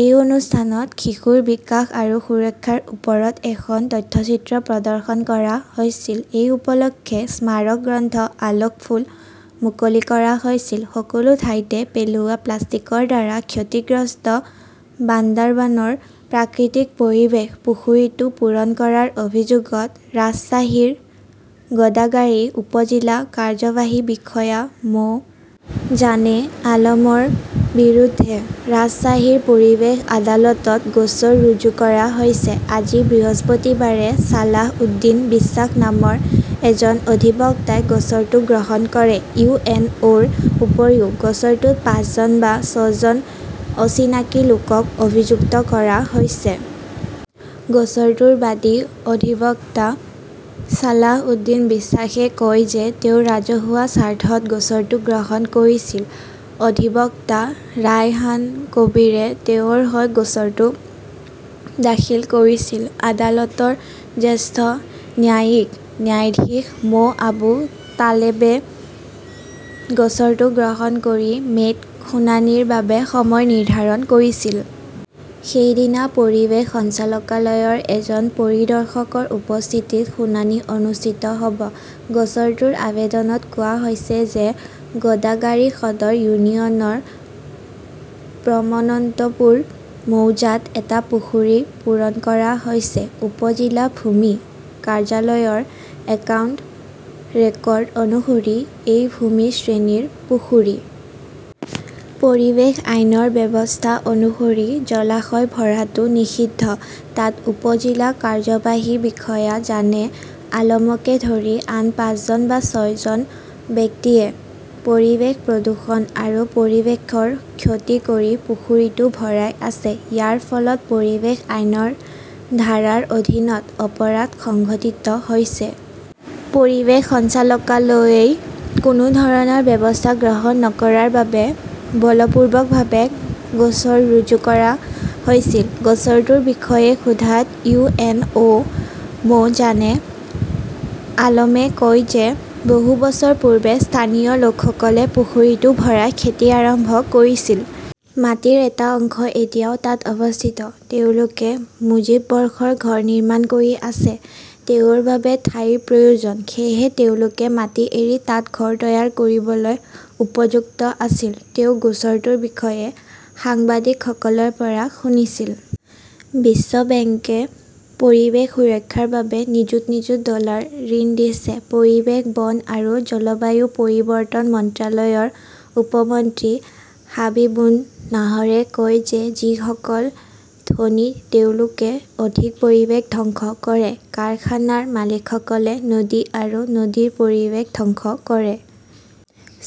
এই অনুষ্ঠানত শিশুৰ বিকাশ আৰু সুৰক্ষাৰ ওপৰত এখন তথ্যচিত্ৰ প্ৰদৰ্শন কৰা হৈছিল। এই উপলক্ষে স্মাৰক গ্ৰন্থ আলোক ফুল মুকলি কৰা হৈছিল। সকলো ঠাইতে পেলোৱা প্লাষ্টিকৰ দ্বাৰা ক্ষতিগ্ৰস্ত বান্দাৰবানৰ প্ৰাকৃতিক পৰিৱেশ। পুখুৰীটো পূৰণ কৰাৰ অভিযোগত ৰাজশ্বাহীৰ গোদাগাৰী উপ-জিলা কাৰ্যবাহী বিষয়া মো. জানে আলমৰ বিৰুদ্ধে ৰাজশ্বাহীৰ পৰিৱেশ আদালতত গোচৰ ৰুজু কৰা হৈছে। আজি বৃহস্পতিবাৰে ছালাহ উদ্দীন বিশ্বাস নামৰ এজন অধিবক্তাই গোচৰটো গ্ৰহণ কৰে। ইউ. এন. অ'. -ৰ উপৰিও গোচৰটোত পাঁচজন বা ছয়জন অচিনাকি লোকক অভিযুক্ত কৰা হৈছে। গোচৰটোৰ বাদী অধিবক্তা ছালাহ উদ্দীন বিশ্বাসে কয় যে তেওঁ ৰাজহুৱা স্বাৰ্থত গোচৰটো গ্ৰহণ কৰিছিল। অধিবক্তা ৰায়হান কবীৰে তেওঁৰ হৈ গোচৰটো দাখিল কৰিছিল। আদালতৰ জ্যেষ্ঠ ন্যায়িক ন্যায়াধীশ মো. আবু তালেবে গোচৰটো গ্ৰহণ কৰি মে'ত শুনানিৰ বাবে সময় নিৰ্ধাৰণ কৰিছিল। সেইদিনা পৰিৱেশ সঞ্চালকালয়ৰ এজন পৰিদৰ্শকৰ উপস্থিতিত শুনানি অনুষ্ঠিত হ'ব। গোচৰটোৰ আৱেদনত কোৱা হৈছে যে গোদাগাৰী সদৰ ইউনিয়নৰ প্ৰমনন্তপুৰ মৌজাত এটা পুখুৰী পূৰণ কৰা হৈছে। উপ-জিলা ভূমি কাৰ্যালয়ৰ একাউণ্ট ৰেকৰ্ড অনুসৰি, এই ভূমিৰ শ্ৰেণীৰ পুখুৰী। পৰিৱেশ আইনৰ ব্যৱস্থা অনুসৰি জলাশয় ভৰাটো নিষিদ্ধ। তাত উপ-জিলা কাৰ্যবাহী বিষয়া জানে আলমকে ধৰি আন পাঁচজন বা ছয়জন ব্যক্তিয়ে পৰিৱেশ প্ৰদূষণ আৰু পৰিৱেশৰ ক্ষতি কৰি পুখুৰীটো ভৰাই আছে। ইয়াৰ ফলত পৰিৱেশ আইনৰ ধাৰাৰ অধীনত অপৰাধ সংঘটিত হৈছে। পৰিৱেশ সঞ্চালকালয়ই কোনো ধৰণৰ ব্যৱস্থা গ্ৰহণ নকৰাৰ বাবে বলপূৰ্বকভাৱে গোচৰ ৰুজু কৰা হৈছিল। গোচৰটোৰ বিষয়ে সোধাত ইউ. এন. অ'. মো. জানে আলমে কয় যে বহু বছৰ পূৰ্বে স্থানীয় লোকসকলে পুখুৰীটো ভৰাই খেতি আৰম্ভ কৰিছিল। মাটিৰ এটা অংশ এতিয়াও তাত অৱস্থিত। তেওঁলোকে মুজীব বৰ্ষৰ ঘৰ নিৰ্মাণ কৰি আছে। তেওঁৰ বাবে ঠাইৰ প্ৰয়োজন। সেয়েহে তেওঁলোকে মাটি এৰি তাত ঘৰ তৈয়াৰ কৰিবলৈ উপযুক্ত আছিল। তেওঁ গোচৰটোৰ বিষয়ে সাংবাদিকসকলৰ পৰা শুনিছিল। বিশ্ব বেংকে পৰিৱেশ সুৰক্ষাৰ বাবে নিযুত নিযুত ডলাৰ ঋণ দিছে। পৰিৱেশ, বন আৰু জলবায়ু পৰিৱৰ্তন মন্ত্ৰালয়ৰ উপ মন্ত্ৰী হাবিবুন নাহৰে কয় যে যিসকল ধনী তেওঁলোকে অধিক পৰিৱেশ ধ্বংস কৰে। কাৰখানাৰ মালিকসকলে নদী আৰু নদীৰ পৰিৱেশ ধ্বংস কৰে।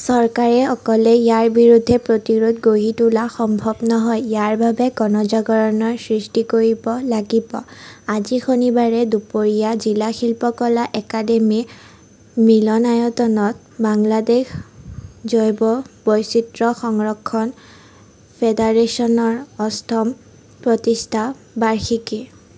চৰকাৰে অকলে ইয়াৰ বিৰুদ্ধে প্ৰতিৰোধ গঢ়ি তোলা সম্ভৱ নহয়। ইয়াৰ বাবে গণজাগৰণৰ সৃষ্টি কৰিব লাগিব। আজি শনিবাৰে দুপৰীয়া জিলা শিল্পকলা একাডেমী মিলনায়তনত বাংলাদেশ জৈৱ বৈচিত্ৰ্য সংৰক্ষণ ফেডাৰেচনৰ অষ্টম প্ৰতিষ্ঠা বাৰ্ষিকী।